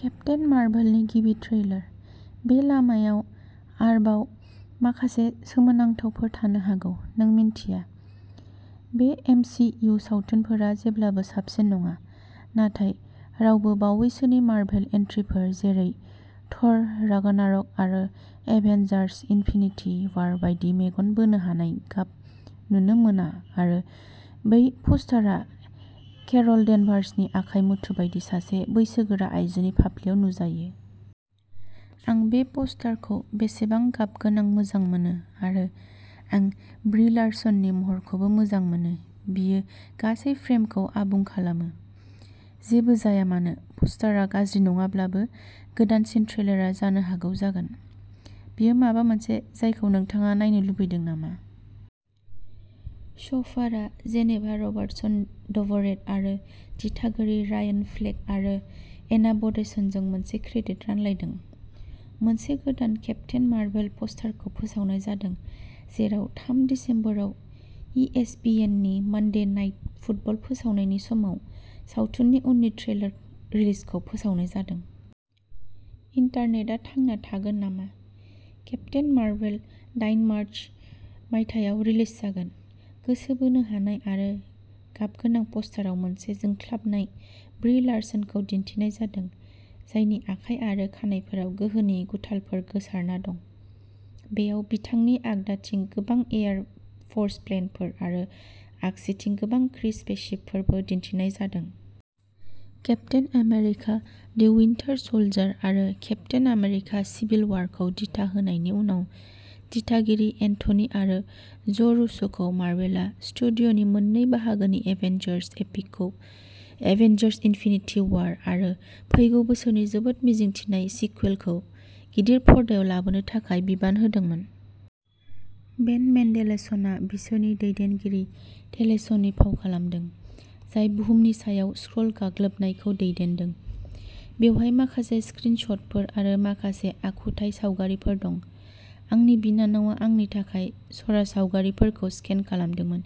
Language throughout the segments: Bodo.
केप्टेन मार्भेलनि गिबि ट्रेलार। बे लामायाव आरोबाव माखासे सोमोनांथावफोर थानो हागौ, नों मिथिया। बे एम सि इउ सावथुनफोरा जेब्लाबो साबसिन नङा, नाथाय रावबो बावैसोनि मार्भेल एन्ट्रिफोर जेरै थ'र रागनारक आरो एभेन्जार्स इनफिनिटि वार बायदि मेगन बोनो हानाय गाब नुनो मोना आरो बे प'स्टारआ केर'ल डेनभार्सनि आखाइ मुथु बायदि सासे बैसोगोरा आइजोनि फाफ्लिआव नुजायो। आं बे प'स्टारखौ बेसेबां गाबगोनां मोजां मोनो आरो आं ब्रि लार्सननि महरखौबो मोजां मोनो बियो गासै फ्रेमखौ आबुं खालामो। जेबो जाया मानो प'स्टारआ गाज्रि नङाब्लाबो, गोदानसिन ट्रेलारआ जानो हागौ जागोन। बेयो माबा मोनसे जायखौ नोंथाङा नायनो लुबैदों नामा? शेफारआ जेनेभा रबार्टसन ड्वरेट आरो दिथागिरि रायन फ्लेक आरो एना बडेनजों मोनसे क्रेडिट रानलायदों। मोनसे गोदान केप्टेन मार्भेल प'स्टारखौ फोसावनाय जादों, जेराव थाम दिसेम्बराव इ एस पि एननि मन्डे नाइट फुटबल फोसावनायनि समाव सावथुननि उननि ट्रेलार रिलिजखौ फोसावनाय जादों। इन्टारनेटआ थांना थागोन नामा? केप्टेन मार्भेल दाइन मार्च, मायथाइयाव रिलिज जागोन। गोसो बोनो हानाय आरो गाबगोनां पस्टारआव मोनसे जोंख्लाबनाय ब्रि लार्सनखौ दिन्थिनाय जादों, जायनि आखाइ आरो खानाइफोराव गोहोनि गुथालफोर गोसारना दं। बेयाव बिथांनि आगदाथिं गोबां एयार फ'र्स प्लेनफोर आरो आगसिथिं गोबां क्रि स्पेसशिपफोरबो दिन्थिनाय जादों। Captain America the Winter Soldier आरो केप्टेन अमेरिका सिभिल वारखौ दिथा होनायनि उनाव, दिथागिरि एन्थनि आरो ज' रुस'खौ मार्वेलआ स्टुडिय'नि मोननै बाहागोनि एवेंजर्स एपिकखौ एवेंजर्स इनफिनिटि वार आरो फैगौ बोसोरनि जोबोद मिजिंथिनाय सिक्वेलखौ गिदिर पर्दायाव लाबोनो थाखाय बिबान होदोंमोन। बेन मेन्डेलसनआ बिसोरनि दैदेनगिरि टेल'सनि फाव खालामदों, जाय बुहुमनि सायाव स्क्रल गाग्लोबनायखौ दैदेनदों। बेवहाय माखासे स्क्रिन शटफोर आरो माखासे आखुथाय सावगारिफोर दं। आंनि बिनानावआ आंनि थाखाय चरा सावगारिफोरखौ स्केन खालामदोंमोन,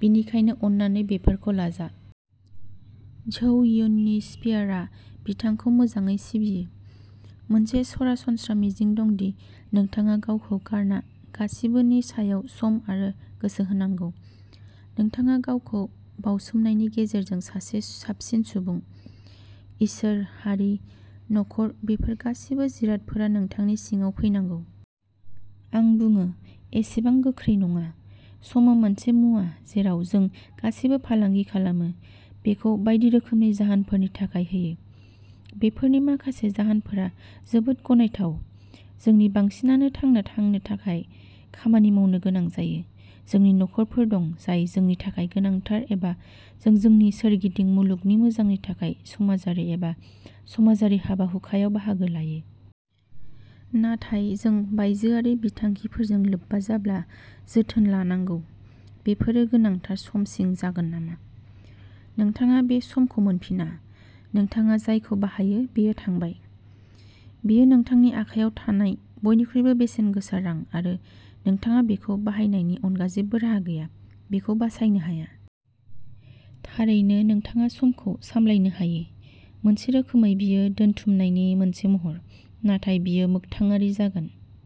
बेनिखायनो अन्नानै बेफोरखौ लाजा। झौ युननि स्पियारआ बिथांखौ मोजाङै सिबियो। मोनसे सरासनस्रा मिजिं दं दि नोंथाङा गावखौ गारना गासिबोनि सायाव सम आरो गोसो होनांगौ। नोंथाङा गावखौ बावसोमनायनि गेजेरजों सासे साबसिन सुबुं। इसोर, हारि, नखर बेफोर गासैबो जिरादफोरा नोंथांनि सिगाङाव फैनांगौ। आं बुङो एसेबां गोख्रै नङा। समआ मोनसे मुवा जेराव जों गासैबो फालांगि खालामो, बेखौ बायदि रोखोमनि जाहोनफोरनि थाखाय होयो। बेफोरनि माखासे जाहोनफोरा जोबोद गनायथाव जोंनि बांसिनानो थांना थानो थाखाय खामानि मावनो गोनां जायो, जोंनि नखरफोर दं जाय जोंनि थाखाय गोनांथार एबा जों जोंनि सोरगिदिं मुलुगनि मोजांनि थाखाय समाजारि एबा समाजारि हाबा हुखायाव बाहागो लायो। नाथाय जों बायजोआरि बिथांखिफोरजों लोब्बा जाब्ला जोथोन लानांगौ बेफोरो गोनांथार सम सिं जागोन नामा? नोंथाङा बे समखौ मोनफिना। नोंथाङा जायखौ बाहायो बेयो थांबाय। बेयो नोंथांनि आखायाव थानाय बयनिख्रुइबो बेसेनगोसा रां आरो नोंथाङा बेखौ बाहायनायनि अनगा जेबो राहा गैया, बेखौ बासायनो हाया। थारैनो नोंथाङा समखौ सामलायनो हायो मोनसे रोखोमै बेयो दोनथुमनायनि मोनसे महर, नाथाय बेयो मोख्थाङारि जागोन।